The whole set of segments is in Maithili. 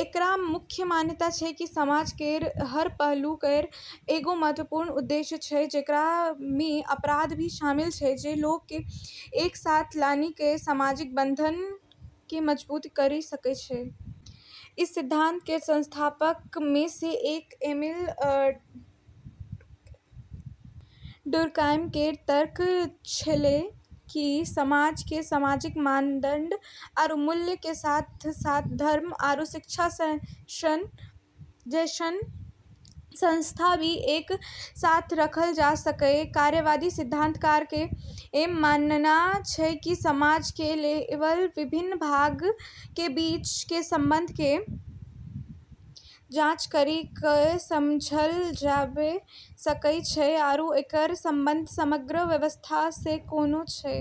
एकरऽ मुख्य मान्यता छै कि समाज केरऽ हर पहलू केरऽ एगो महत्वपूर्ण उद्देश्य छै जेकरा मे अपराध भी शामिल छै जे लोगऽ के एक साथ लानी के सामाजिक बंधन के मजबूत करी सकै छै। ई सिद्धांत केरऽ संस्थापकऽ मे से एक एमिल डुर्केइम केरऽ तर्क छेलै कि समाज क॑ सामाजिक मानदंड आरू मूल्यऽ के साथ-साथ धर्म आरू शिक्षा जैसनऽ संस्था भी एक साथ रखलऽ जाय छै, कार्यवादी सिद्धांतकारऽ के मानना छै कि समाज के केवल विभिन्न भागऽ के बीच के संबंधऽ के जांच करी के समझलऽ जाबे सकै छै आरू एकरऽ संबंध समग्र व्यवस्था स॑ कोना छै।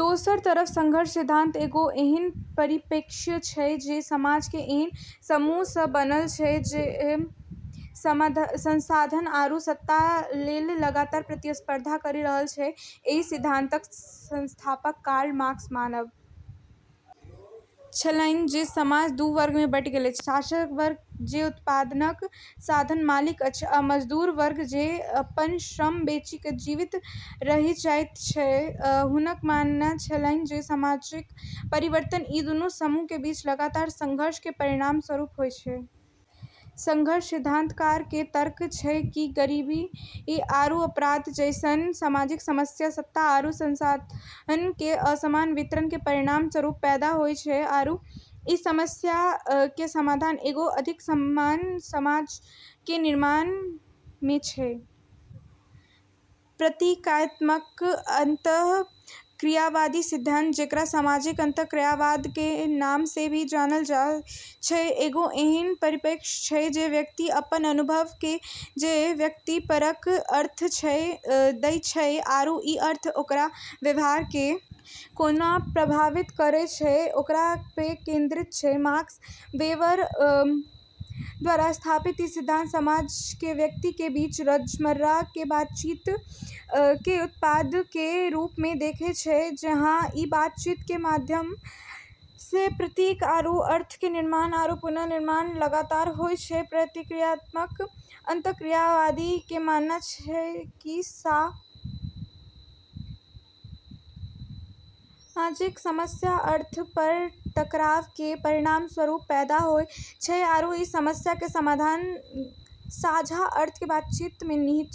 दोसरऽ तरफ संघर्ष सिद्धांत एगो ऐन्हऽ परिप्रेक्ष्य छै जे समाज के ऐन्हऽ समूहऽ से बनलऽ माने छै जे संसाधन आरू सत्ता लेली लगातार प्रतिस्पर्धा करी रहलऽ छै, एहि सिद्धांतक संस्थापक कार्ल मार्क्सक मानब छलनि जे समाज दू वर्ग मे बँटल अछि, शासक वर्ग जे उत्पादनक साधनक मालिक अछि आ मजदूर वर्ग जे अपन श्रम बेचि क जीवित रहि जाइत अछि हुनकऽ मानना छेलै कि सामाजिक परिवर्तन ई दूनू समूह के बीच लगातार संघर्ष के परिणामस्वरूप होय छै। संघर्ष सिद्धांतकारऽ के तर्क छै कि गरीबी आरू अपराध जैसनऽ सामाजिक समस्या सत्ता आरू संसाधनऽ के असमान वितरण के परिणामस्वरूप पैदा होय छै आरू ई समस्या के समाधान एगो अधिक समान समाज के निर्माण मे छै। प्रतीकात्मक अंतःक्रियावादी सिद्धांत जेकरा सामाजिक अंतःक्रियावाद के नाम से भी जानलऽ जाय छै, एगो ऐन्हऽ परिप्रेक्ष्य छै जे व्यक्ति अपनऽ अनुभव मे जे व्यक्तिपरक अर्थ दै छै‌ आरू ई अर्थ ओकरऽ व्यवहार के कोना प्रभावित करै छै ओकरा पे केंद्रित छै, मैक्स वेबर द्वारा स्थापित ई सिद्धांत समाज के व्यक्ति के बीच रोजमर्रा के बातचीत के उत्पाद के रूप मे देखै छै, जहाँ ई बातचीत के माध्यम से प्रतीक आरू अर्थ के निर्माण आरू पुनर्निर्माण लगातार होय छै, प्रतीकात्मक अंतःक्रियावादी के मानना छै कि सामाजिक समस्या अर्थऽ पर टकराव के परिणामस्वरूप पैदा होय छै आरू ई समस्या के समाधान साझा अर्थ के बातचीत में निहित छै।